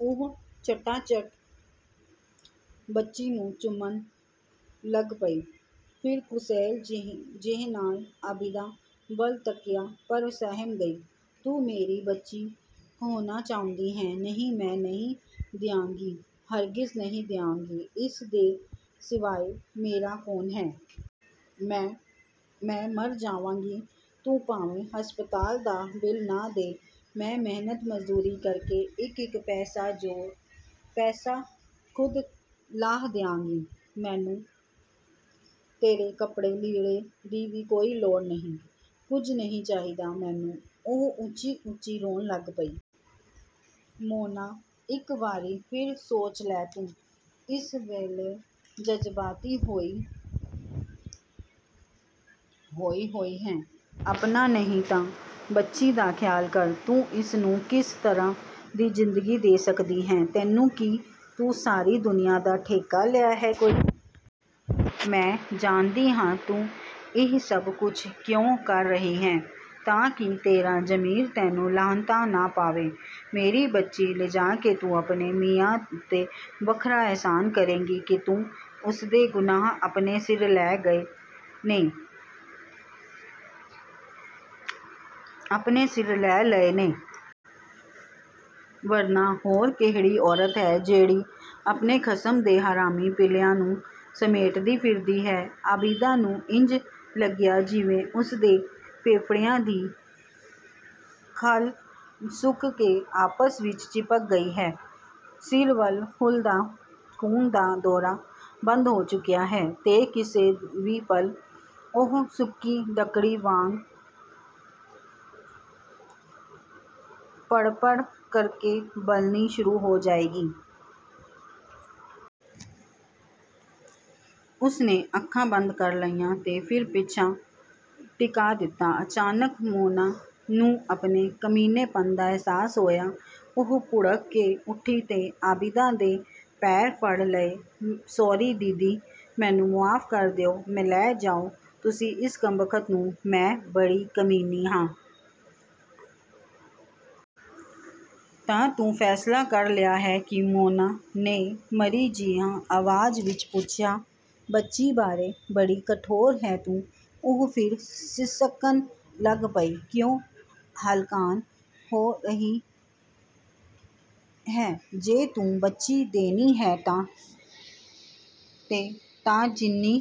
ਉਹ 'ਚਟਾਚਟ' ਬੱਚੀ ਨੂੰ ਚੁੰਮਣ ਲੱਗ ਪਈ। ਫਿਰ ਕੁਸੈਲ-ਜਿਹੀ ਨਾਲ ਆਬਿਦਾ ਵੱਲ ਤੱਕਿਆ, ਪਰ ਸਹਿਮ ਗਈ। "ਤੂੰ ਮੇਰੀ ਬੱਚੀ ਖੋਹਣਾ ਚਾਹੁੰਦੀ ਹੈਂ? ਨਹੀਂ, ਮੈਂ ਨਹੀਂ ਦਿਆਂਗੀ, ਹਰਗਿਜ਼ ਨਹੀਂ ਦਿਆਂਗੀ। ਇਸ ਦੇ ਸਿਵਾਏ ਮੇਰਾ ਕੌਣ ਹੈ! ਮੈਂ, ਮੈਂ ਮਰ ਜਾਵਾਂਗੀ! ਤੂੰ ਭਾਵੇਂ ਹਸਪਤਾਲ ਦਾ ਬਿੱਲ ਨਾ ਦੇ, ਮੈਂ ਮਿਹਨਤ-ਮਜ਼ਦੂਰੀ ਕਰਕੇ ਇੱਕ-ਇੱਕ ਪੈਸਾ ਖ਼ੁਦ ਲਾਹ ਦਿਆਂਗੀ। ਮੈਨੂੰ ਤੇਰੇ ਕੱਪੜੇ-ਲੀੜੇ ਦੀ ਵੀ ਕੋਈ ਲੋੜ ਨਹੀਂ। ਕੁਝ ਨਹੀਂ ਚਾਹੀਦਾ ਮੈਨੂੰ" ਉਹ ਉੱਚੀ-ਉੱਚੀ ਰੋਣ ਲੱਗ ਪਈ। "ਮੋਨਾ ਇੱਕ ਵਾਰੀ ਫਿਰ ਸੋਚ ਲੈ ਤੂੰ, ਤੂੰ ਇਸ ਵੇਲੇ ਜਜ਼ਬਾਤੀ ਹੋਈ-ਹੋਈ ਹੈਂ। ਆਪਣਾ ਨਹੀਂ ਤਾਂ ਬੱਚੀ ਦਾ ਖ਼ਿਆਲ ਕਰ, ਤੂੰ ਇਸਨੂੰ ਕਿਸ ਤਰ੍ਹਾਂ ਦੀ ਜ਼ਿੰਦਗੀ ਦੇ ਸਕਦੀ ਹੈਂ?" "ਤੈਨੂੰ ਕੀ? ਤੂੰ ਸਾਰੀ ਦੁਨੀਆਂ ਦਾ ਠੇਕਾ ਲਿਆ ਹੈ ਕੋਈ! ਮੈਂ ਜਾਣਦੀ ਹਾਂ, ਤੂੰ ਇਹ ਸਭ ਕੁਝ ਕਿਉਂ ਕਰ ਰਹੀ ਹੈਂ, ਤਾਂ ਕਿ ਤੇਰਾ ਜ਼ਮੀਰ ਤੈਨੂੰ ਲਾਹਨਤਾਂ ਨਾ ਪਾਏ। ਮੇਰੀ ਬੱਚੀ ਲਿਜਾ ਕੇ ਤੂੰ ਆਪਣੇ ਮੀਆਂ ਉੱਤੇ ਵੱਖਰਾ ਅਹਿਸਾਨ ਕਰੇਂਗੀ ਕਿ ਤੂੰ ਉਸਦੇ ਗੁਨਾਹ, ਆਪਣੇ ਸਿਰ ਲੈ ਲਏ ਨੇ। ਵਰਨਾ ਹੋਰ ਕਿਹੜੀ ਔਰਤ ਹੈ, ਜਿਹੜੀ ਆਪਣੇ ਖਸਮ ਦੇ ਹਰਾਮੀ ਪਿੱਲਿਆਂ ਨੂੰ ਸਮੇਟਦੀ ਫਿਰਦੀ ਹੈ!" ਆਬਿਦਾ ਨੂੰ ਇੰਜ ਲੱਗਿਆ ਜਿਵੇਂ ਉਸਦੇ ਫੇਫੜਿਆਂ ਦੀ ਖੱਲ ਸੁੱਕ ਕੇ ਆਪਸ ਵਿੱਚ ਚਿਪਕ ਗਈ ਹੈ। ਸਿਰ ਵੱਲ ਖ਼ੂਨ ਦਾ ਦੌਰਾ ਬੰਦ ਹੋ ਚੁੱਕਿਆ ਹੈ, ਤੇ ਕਿਸੇ ਵੀ ਪਲ ਉਹ ਸੁੱਕੀ ਲੱਕੜੀ ਵਾਂਗ ਭੜਭੜ ਕਰਕੇ ਬਲਣੀ ਸ਼ੁਰੂ ਹੋ ਜਾਏਗੀ। ਉਸਨੇ ਅੱਖਾਂ ਬੰਦ ਕਰ ਲਈਆਂ ਤੇ ਸਿਰ ਪਿਛਾਂਹ ਟਿਕਾ ਦਿੱਤਾ। ਅਚਾਨਕ ਮੋਨਾ ਨੂੰ ਆਪਣੇ ਕਮੀਨੇਪਣ ਦਾ ਅਹਿਸਾਸ ਹੋਇਆ। ਉਹ ਭੁੜਕ ਕੇ ਉੱਠੀ ਤੇ ਆਬਿਦਾ ਦੇ ਪੈਰ ਫੜ ਲਏ"ਸੌਰੀ ਦੀਦੀ, ਮੈਨੂੰ ਮੁਆਫ਼ ਕਰ ਦਿਓ, ਲੈ ਜਾਓ ਤੁਸੀਂ ਇਸ ਕੰਮਬਖ਼ਤ ਨੂੰ, ਮੈਂ ਬੜੀ ਕਮੀਨੀ ਹਾਂ। "ਤਾਂ ਤੂੰ ਫ਼ੈਸਲਾ ਕਰ ਲਿਆ ਹੈ?" "ਕੀ?" ਮੋਨਾ ਨੇ ਮਰੀ ਜਿਹੀ ਆਵਾਜ਼ ਵਿੱਚ ਪੁੱਛਿਆ। "ਬੱਚੀ ਬਾਰੇ?" "ਬੜੀ ਕਠੋਰ ਹੈਂ ਤੂੰ!" ਉਹ ਫਿਰ ਸਿਸਕਣ ਲੱਗ ਪਈ। "ਕਿਉਂ ਹਲਕਾਨ ਹੋ ਰਹੀ ਹੈਂ, ਜੇ ਤੂੰ ਬੱਚੀ ਦੇਣੀ ਹੀ ਹੈ ਤਾਂ ਜਿੰਨੀ